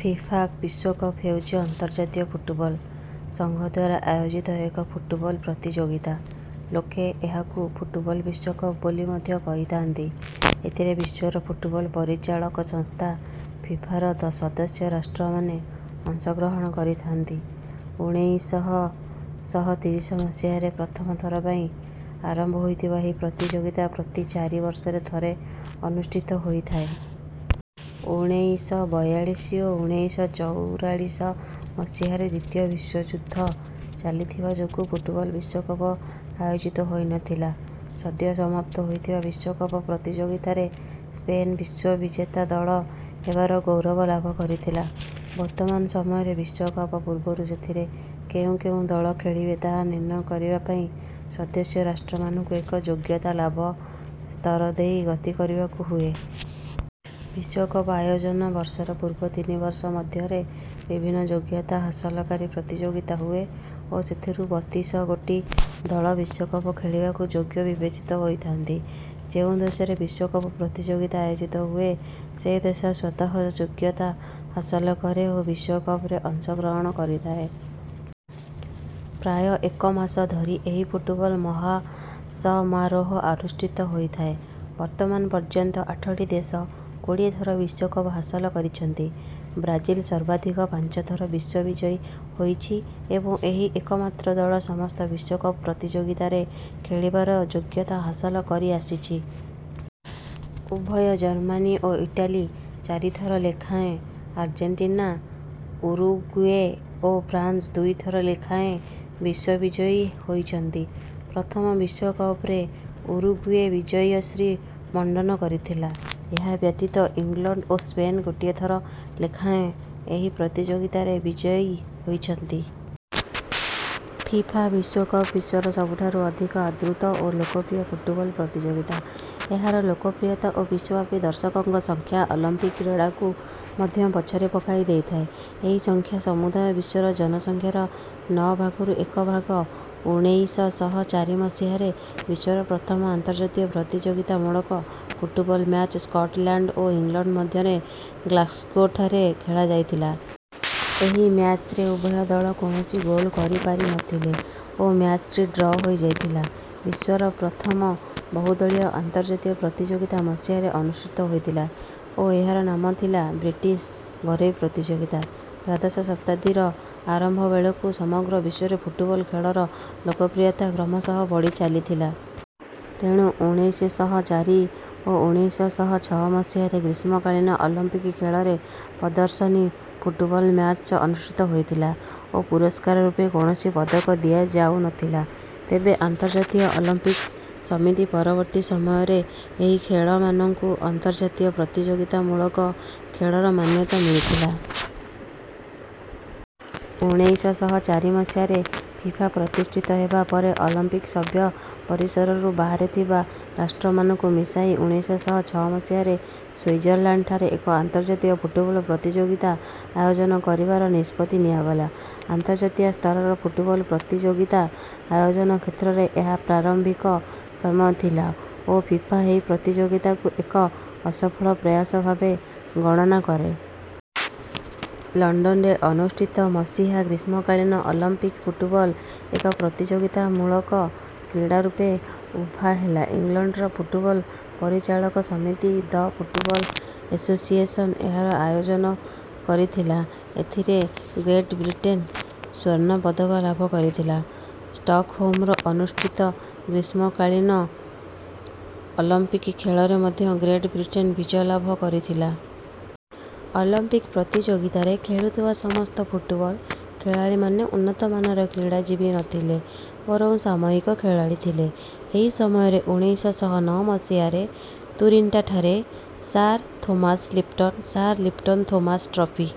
FIFA ବିଶ୍ୱକପ ହେଉଛି ଅନ୍ତର୍ଜାତୀୟ ଫୁଟବଲ୍ ସଂଘଦ୍ୱାରା ଆୟୋଜିତ ଏକ ଫୁଟବଲ୍ ପ୍ରତିଯୋଗିତା। ଲୋକେ ଏହାକୁ ଫୁଟବଲ୍ ବିଶ୍ୱକପ ବୋଲି ମଧ୍ୟ କହିଥାନ୍ତି। ଏଥିରେ ବିଶ୍ୱର ଫୁଟବଲ୍ ପରିଚାଳକ ସଂସ୍ଥା ଫିଫା ର ସଦସ୍ୟ ରାଷ୍ଟ୍ରମାନେ ଅଂଶ ଗ୍ରହଣ କରିଥାନ୍ତି। ଉଣେଇଶ ଶହ ତିରିଶ ମସିହାରେ ପ୍ରଥମ ଥର ପାଇଁ ଆରମ୍ଭ ହୋଇଥିବା ଏହି ପ୍ରତିଯୋଗିତା ପ୍ରତି ଚାରି ବର୍ଷରେ ଥରେ ଅନୁଷ୍ଠିତ ହୋଇଥାଏ। ଉଣେଇଶ ବୟାଳିଶ ଓ ଉଣେଇଶ ଚଉରାଳିଶ ମସିହାରେ ଦ୍ୱିତୀୟ ବିଶ୍ୱଯୁଦ୍ଧ ଚାଲିଥିବା ଯୋଗୁଁ ଫୁଟବଲ୍ ବିଶ୍ୱକପ ଆୟୋଜିତ ହୋଇନଥିଲା। ସଦ୍ୟ ସମାପ୍ତ ହୋଇଥିବା ବିଶ୍ୱକପ ପ୍ରତିଯୋଗିତାରେ ସ୍ପେନ ବିଶ୍ୱବିଜେତା ଦଳ ହେବାର ଗୌରବ ଲାଭ କରିଥିଲା। ବର୍ତ୍ତମାନ ସମୟରେ ବିଶ୍ୱକପ ପୂର୍ବରୁ ସେଥିରେ କେଉଁ କେଉଁ ଦଳ ଖେଳିବେ ତାହା ନିର୍ଣ୍ଣୟ କରିବା ପାଇଁ ସଦସ୍ୟ ରାଷ୍ଟ୍ରମାନଙ୍କୁ ଏକ ଯୋଗ୍ୟତା ଲାଭ ସ୍ତର ଦେଇ ଗତି କରିବାକୁ ହୁଏ। ବିଶ୍ୱକପ ଆୟୋଜନ ବର୍ଷର ପୂର୍ବ ତିନି ବର୍ଷ ମଧ୍ୟରେ ବିଭିନ୍ନ ଯୋଗ୍ୟତା ହାସଲକାରୀ ପ୍ରତିଯୋଗିତା ହୁଏ ଓ ସେଥିରୁ ବତିଶ ଗୋଟି ଦଳ ବିଶ୍ୱକପ ଖେଳିବାକୁ ଯୋଗ୍ୟ ବିବେଚିତ ହୋଇଥାନ୍ତି। ଯେଉଁ ଦେଶରେ ବିଶ୍ୱକପ ପ୍ରତିଯୋଗିତା ଆୟୋଜିତ ହୁଏ ସେ ଦେଶ ସ୍ୱତଃ ଯୋଗ୍ୟତା ହାସଲ କରେ ଓ ବିଶ୍ୱକପରେ ଅଂଶ ଗ୍ରହଣ କରିଥାଏ। ପ୍ରାୟ ଏକ ମାସ ଧରି ଏହି ଫୁଟବଲ ମହାସମାରୋହ ଅନୁଷ୍ଠିତ ହୋଇଥାଏ। ବର୍ତ୍ତମାନ ପର୍ଯ୍ୟନ୍ତ ଆଠଟି ଦେଶ କୋଡ଼ିଏ ଥର ବିଶ୍ୱକପ ହାସଲ କରିଛନ୍ତି। ବ୍ରାଜିଲ ସର୍ବାଧିକ ପାଞ୍ଚ ଥର ବିଶ୍ୱବିଜୟୀ ହୋଇଛି ଏବଂ ଏହି ଏକମାତ୍ର ଦଳ ସମସ୍ତ ବିଶ୍ୱକପ ପ୍ରତିଯୋଗିତାରେ ଖେଳିବାର ଯୋଗ୍ୟତା ହାସଲ କରିଆସିଛି। ଉଭୟ ଜର୍ମାନୀ ଓ ଇଟାଲୀ ଚାରି ଥର ଲେଖାଏଁ ଆର୍ଜେଣ୍ଟିନାଉରୁଗୁଏ ଓ ଫ୍ରାନ୍ସ ଦୁଇ ଥର ଲେଖାଏଁ ବିଶ୍ୱବିଜୟୀ ହୋଇଛନ୍ତି। ପ୍ରଥମ ବିଶ୍ୱକପରେ ଉରୁଗୁଏ ବିଜୟଶ୍ରୀ ମଣ୍ଡନ କରିଥିଲା। ଏହା ବ୍ୟତୀତ ଲଂଲଣ୍ଡ ଓ ସ୍ପେନ୍ ଗୋଟିଏ ଥର ଲେଖାଏଁ ଏହି ପ୍ରତିଯୋଗିତାରେ ବିଜୟୀ ହୋଇଛନ୍ତି। ଫିଫା ବିଶ୍ୱକପ ବିଶ୍ୱର ସବୁଠାରୁ ଅଧିକ ଆଦୃତ ଓ ଲୋକପ୍ରିୟ ଫୁଟବଲ୍ ପ୍ରତିଯୋଗିତା। ଏହାର ଲୋକପ୍ରିୟତା ଓ ବିଶ୍ୱବ୍ୟାପୀ ଦର୍ଶକଙ୍କ ସଂଖ୍ୟା ଅଲମ୍ପିକ୍ କ୍ରୀଡ଼ାକୁ ମଧ୍ୟ ପଛରେ ପକାଇ ଦେଇଥାଏ। ଏହି ସଂଖ୍ୟା ସମୁଦାୟ ବିଶ୍ୱର ଜନସଂଖ୍ୟାର ନଅ ଭାଗରୁ ଏକ ଭାଗ। ଉଣେଇଶ ଶହ ଚାରି ମସିହାରେ ବିଶ୍ୱର ପ୍ରଥମ ଅନ୍ତର୍ଜାତୀୟ ପ୍ରତିଯୋଗିତାମୂଳକ ଫୁଟବଲ୍ ମ୍ୟାଚ୍ ସ୍କଟଲ୍ୟାଣ୍ଡ ଓ ଇଂଲଣ୍ଡ ମଧ୍ୟରେ ଗ୍ଲାସ୍ଗୋଠାରେ ଖେଳାଯାଇଥିଲା। ଏହି ମ୍ୟାଚ୍ରେ ଉଭୟ ଦଳ କୌଣସି ଗୋଲ୍ କରିପାରି ନଥିଲେ ଓ ମ୍ୟାଚ୍ଟି ଡ୍ର ହୋଇଯାଇଥିଲା। ବିଶ୍ୱର ପ୍ରଥମ ବହୁଦଳୀୟ ଅନ୍ତର୍ଜାତୀୟ ପ୍ରତିଯୋଗିତା ମସିହାରେ ଅନୁଷ୍ଠିତ ହୋଇଥିଲା ଓ ଏହାର ନାମ ଥିଲା ବ୍ରିଟିଶ୍ ଘରୋଇ ପ୍ରତିଯୋଗିତା। ଦ୍ୱାଦଶ ଶତାବ୍ଦୀର ଆରମ୍ଭ ବେଳକୁ ସମଗ୍ର ବିଶ୍ୱରେ ଫୁଟବଲ୍ ଖେଳର ଲୋକପ୍ରିୟତା କ୍ରମଶଃ ବଢ଼ି ଚାଲିଥିଲା। ତେଣୁ ଉଣେଇଶ ଶହ ଚାରି ଓ ଉଣେଇଶ ଶହ ଛଅ ମସିହାର ଗ୍ରୀଷ୍ମକାଳୀନ ଅଲମ୍ପିକ୍ ଖେଳରେ ପ୍ରଦର୍ଶନୀ ଫୁଟବଲ୍ ମ୍ୟାଚ୍ ଅନୁଷ୍ଠିତ ହେଉଥିଲା ଓ ପୁରସ୍କାର ରୂପେ କୌଣସି ପଦକ ଦିଆଯାଉନଥିଲା। ତେବେ ଅନ୍ତର୍ଜାତୀୟ ଅଲମ୍ପିକ୍ ସମିତି ପରବର୍ତ୍ତୀ ସମୟରେ ଏହି ଖେଳମାନଙ୍କୁ ଅନ୍ତର୍ଜାତୀୟ ପ୍ରତିଯୋଗିକତାମୂଳକ ଖେଳର ମାନ୍ୟତା ମିଳିଥିଲା। ଉଣେଇଶ ଶହ ଚାରି ମସିହାରେ ଫିଫା ପ୍ରତିଷ୍ଠିତ ହେବା ପରେ ଅଲମ୍ପିକ୍ ସଭ୍ୟ ପରିସରରୁ ବାହାରେ ଥିବା ରାଷ୍ଟ୍ରମାନଙ୍କୁ ମିଶାଇ ଉଣେଇଶ ଶହ ଛଅ ମସିହାରେ ସ୍ୱିଜରଲ୍ୟାଣ୍ଡଠାରେ ଏକ ଅନ୍ତର୍ଜାତୀୟ ଫୁଟବଲ୍ ପ୍ରତିଯୋଗିତା ଆୟୋଜନ କରିବାର ନିଷ୍ପତ୍ତି ନିଆଗଲା। ଅନ୍ତର୍ଜାତୀୟ ସ୍ତରର ଫୁଟବଲ୍ ପ୍ରତିଯୋଗିତା ଆୟୋଜନ କ୍ଷେତ୍ରରେ ଏହା ପ୍ରାରମ୍ଭିକ ସମୟ ଥିଲା ଓ ଫିଫା ଏହି ପ୍ରତିଯୋଗିତାକୁ ଏକ ଅସଫଳ ପ୍ରୟାସ ଭାବେ ଗଣନା କରେ। ଲଣ୍ଡନରେ ଅନୁଷ୍ଠିତ ମସିହା ଗ୍ରୀଷ୍ମକାଳୀନ ଅଲମ୍ପିକ୍ ଫୁଟବଲ୍ ଏକ ପ୍ରତିଯୋଗିତାମୂଳକ କ୍ରୀଡ଼ା ରୂପେ ଉଭା ହେଲା। ଇଂଲଣ୍ଡର ଫୁଟବଲ୍ ପରିଚାଳକ ସମିତି ଦ ଫୁଟବଲ୍ ଏଶୋସିଏସନ୍ ଏହାର ଆୟୋଜନ କରିଥିଲା। ଏଥିରେ ଗ୍ରେଟ୍ ବ୍ରିଟେନ୍ ସ୍ୱର୍ଣ୍ଣ ପଦକ ଲାଭ କରିଥିଲା। ଷ୍ଟକହୋମରେ ଅନୁଷ୍ଠିତ ଗ୍ରୀଷ୍ମକାଳୀନ ଅଲମ୍ପିକ୍ ଖେଳରେ ମଧ୍ୟ ଗ୍ରେଟ୍ ବ୍ରିଟେନ୍ ବିଜୟ ଲାଭ କରିଥିଲା। ଅଲମ୍ପିକ୍ ପ୍ରତିଯୋଗିତାରେ ଖେଳୁଥିବା ସମସ୍ତ ଫୁଟବଲ୍ ଖେଳାଳୀମାନେ ଉନ୍ନତମାନର କ୍ରୀଡ଼ାଜୀବୀ ନଥିଲେ ବରଂ ସାମୟିକ ଖେଳାଳୀ ଥିଲେ। ଏହି ସମୟରେ ଉଣେଇଶ ଶହ ନଅ ମସିହାରେ ତୁରିନ୍ଠାରେ Sir Thomas Lipton Sir Lipton Thomas trophy